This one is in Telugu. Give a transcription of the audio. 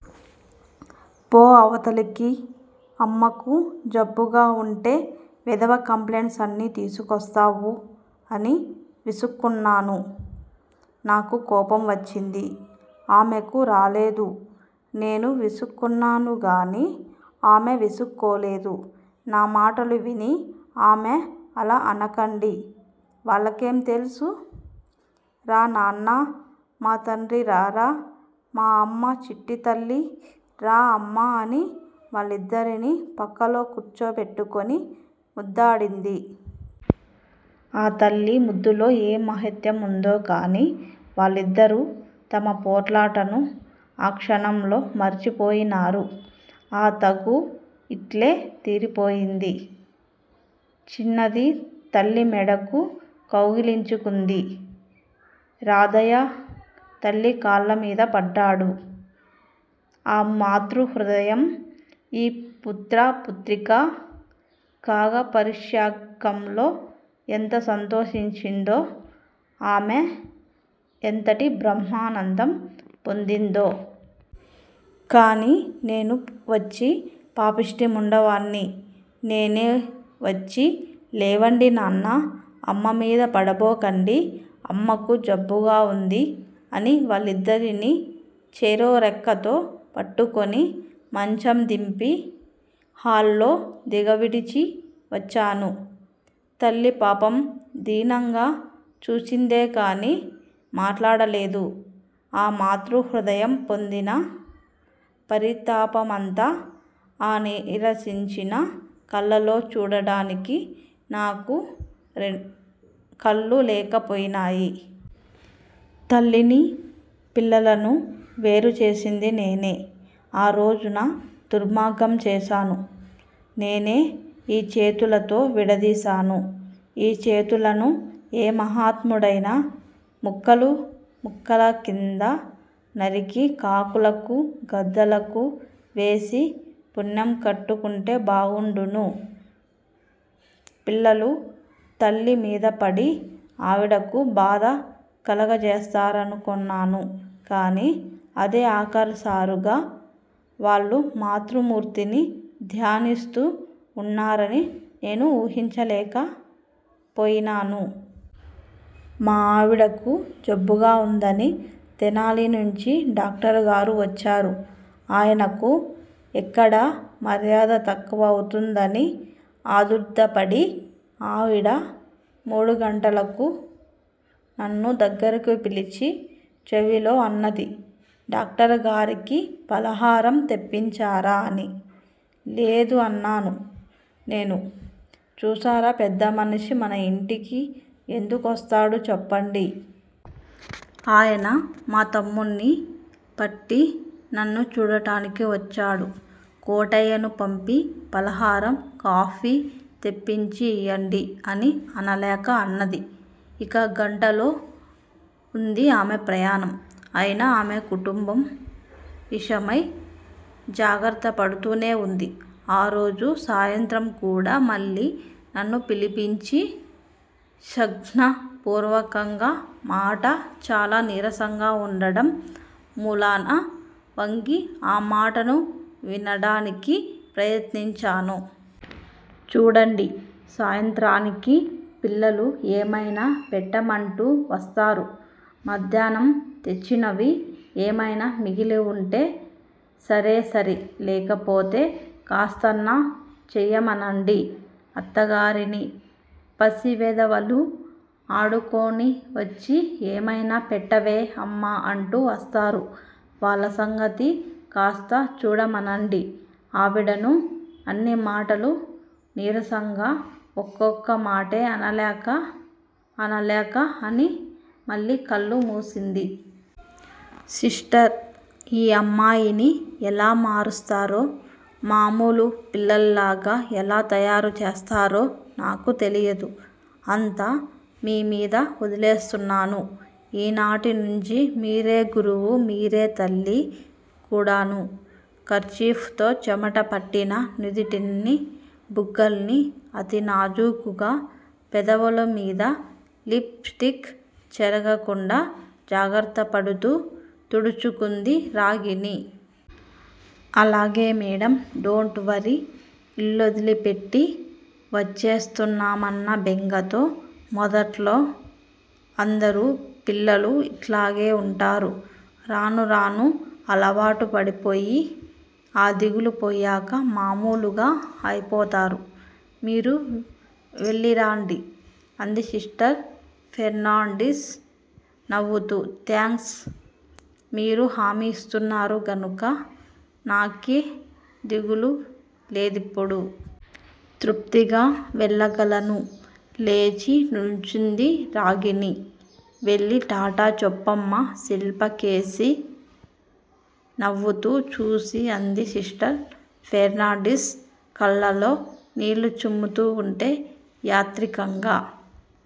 పో అవతలకి. అమ్మకు జబ్బుగా ఉంటే వెధవ కంప్లైంట్స్ అన్నీ తీసుకొస్తావు అని విసుక్కున్నాను. నాకు కోపం వచ్చింది. ఆమెకు రాలేదు. నేను విసుక్కున్నాను గాని ఆమె విసుక్కోలేదు. నా మాటలు విని ఆమె అలా అనకండి. వాళ్ళకేం తెలుసు? రా నాన్నా, మా తండ్రీ రారా, మా అమ్మా చిట్టితల్లీ, రా అమ్మా అని వాళ్ళిద్దరినీ ప్రక్కలో కూర్చో పెట్టుకుని ముద్దాడింది. ఆ తల్లి ముద్దులో ఏం మహత్యం ఉందో కానీ. వాళ్ళిద్దరూ తమ పోట్లాటను, ఆ క్షణంలో మరచిపోయినారు. ఆ తగూ ఇట్టే తీరిపోయింది. చిన్నది తల్లి మెడకు కౌగిలించుకొంది. రాధాయ తల్లి కాళ్ళమీద పడ్డాడు. ఆ మాతృ హృదయం, ఈ పుత్ర_పుత్రికా కాగాపరిష్యంగంలో ఎంత సంతోషించిందో, ఆమె ఎంతటి బ్రహ్మానందం పొందిందో! కానీ, నేను వచ్చి పాపిష్టి ముండావాణ్ణి, నేనే వచ్చి, లేవండి నాన్నా, అమ్మమీద పడబోకండి, అమ్మకు జబ్బుగా ఉంది, అని వాళ్ళిద్దరిని చెరో రెక్కతో పట్టుకొని మంచం దింపి, హాల్లో దిగవిడిచి వచ్చాను. తల్లి పాపం, దీనంగా చూచిందే కానీ మాట్లాడ లేదు. ఆ మాతృహృదయం పొందిన పరితాపమంతా ఆ నీరసించిన కళ్ళలో చూడటానికి నాకు కళ్ళు లేక పోయినాయి. తల్లినీ పిల్లలనూ వేరు చేసింది నేనే. ఆ రోజున దుర్మార్గం చేశాను. నేనే ఈ చేతులతో విడతీశాను. ఈ చేతులను ఏ మహాత్ముడైనా ముక్కలు ముక్కల క్రింద నరికి, కాకులకూ, గద్దలకూ వేసి పుణ్యం కట్టుకుంటే బాగుండును. పిల్లలు తల్లి మీదపడి ఆవిడకు బాధ కలుగజేస్తారనుకొన్నాను గాని, అదే ఆఖరుసారిగా వాళ్ళు మాతృమూర్తిని ధ్యానిస్తూ ఉన్నారని నేను ఊహించలేక పోయినాను. మా ఆవిడకు జబ్బుగా ఉందని తెనాలి నుంచి డాక్టరు గారు వచ్చారు. ఆయనకు ఎక్కడ మర్యాద తక్కువ అవుతుందోనని ఆదుర్దాపడి ఆవిడ మూడు గంటలకు నన్ను దగ్గరకు పిలిచి చెవిలో అన్నదీ, డాక్టరుగారికి ఫలహారం తెప్పించారా అని. లేదు అన్నాను నేను. చూశారా పెద్దమనిషి మన ఇంటికి ఎందుకొస్తాడు చెప్పండి. ఆయన మా తమ్ముడ్ని పట్టి నన్ను చూడటానికి వచ్చాడు. కోటయ్యను పంపి ఫలహారం, కాఫీ తెప్పించి ఇయ్యండి అని అనలేక అన్నది. ఇక గంటలలో ఉంది ఆమె ప్రయాణం. అయినా ఆమె కుటుంబ విషయమై జాగ్రత్త పడుతూనే ఉంది. ఆరోజు సాయంత్రం కూడా మళ్ళీ నన్ను పిలిచింది సంజ్ఞా పూర్వకంగా మాట చాలా నీరసంగా ఉండటం మూలాన వంగి, ఆ మాటలు వినటానికి ప్రయత్నించాను. చూడండీ, సాయంత్రానికి పిల్లలు ఏమైనా పెట్టమంటూ వస్తారు. మధ్యాహ్నం తెచ్చినవి ఏమైనా మిగిలివుంటే సరేసరి. లేకపోతే కాస్తన్నా చెయ్యమనండి అత్తగారిని. పసి వెధవలు ఆడుకొనివచ్చి ఏమయినా పెట్టవే అమ్మా అంటూ వస్తారు. వాళ్ళసంగతి కాస్త చూడమనండి ఆవిడను అన్ని మాటలు నీరసంగా ఒక్కొక్క మాటే అనలేక, అనలేక అని మళ్ళీ కళ్ళు మూసింది. సిస్టర్! ఈ అమ్మాయిని ఎలా మారుస్తారో, మామూలు పిల్లల్లాగ ఎలా తయారుచేస్తారో నాకు తెలీదు. అంతా మీమీద ఒదిలేస్తున్నాను. ఈనాటి నుంచి మీరే గురువూ, మీరే తల్లి కూడాను. కర్చీఫ్ తో చెమటపట్టిన నుదుటినీ బుగ్గల్నీ అతి నాజూకుగా, పెదవులమీద లిప్ స్టిక్ చెరిగిపోకుండా జాగ్రత్తపడుతూ తుడుచుకుంది రాగిణి. అలాగే మేడమ్! Don't worry. ఇల్లొదిలిపెట్టి వచ్చేస్తున్నామన్న బెంగతో మొదట్లో అందరు పిల్లలూ ఇట్లాగే వుంటారు. రాను రాను అలవాటు పడిపోయి ఆ దిగులు పోయాక మామూలుగా అయిపోతారు. మీరు వెళ్ళిరండి అంది సిస్టర్ ఫెర్నాండిస్, నవ్వుతూ. థాంక్స్ మీరు హామీ ఇస్తున్నారు గనుక నాకే దిగులూ లేదిప్పుడు. తృప్తిగా వెళ్ళగలను. లేచి నుంచుంది రాగిణి. వెళ్ళి టాటా చెప్పమ్మా శిల్పకేసి నవ్వుతూ చూసి అంది సిస్టర్ ఫెర్నాండిస్. కళ్ళల్లో నీళ్ళు చిమ్ముతూ వుంటే, యాంత్రికంగా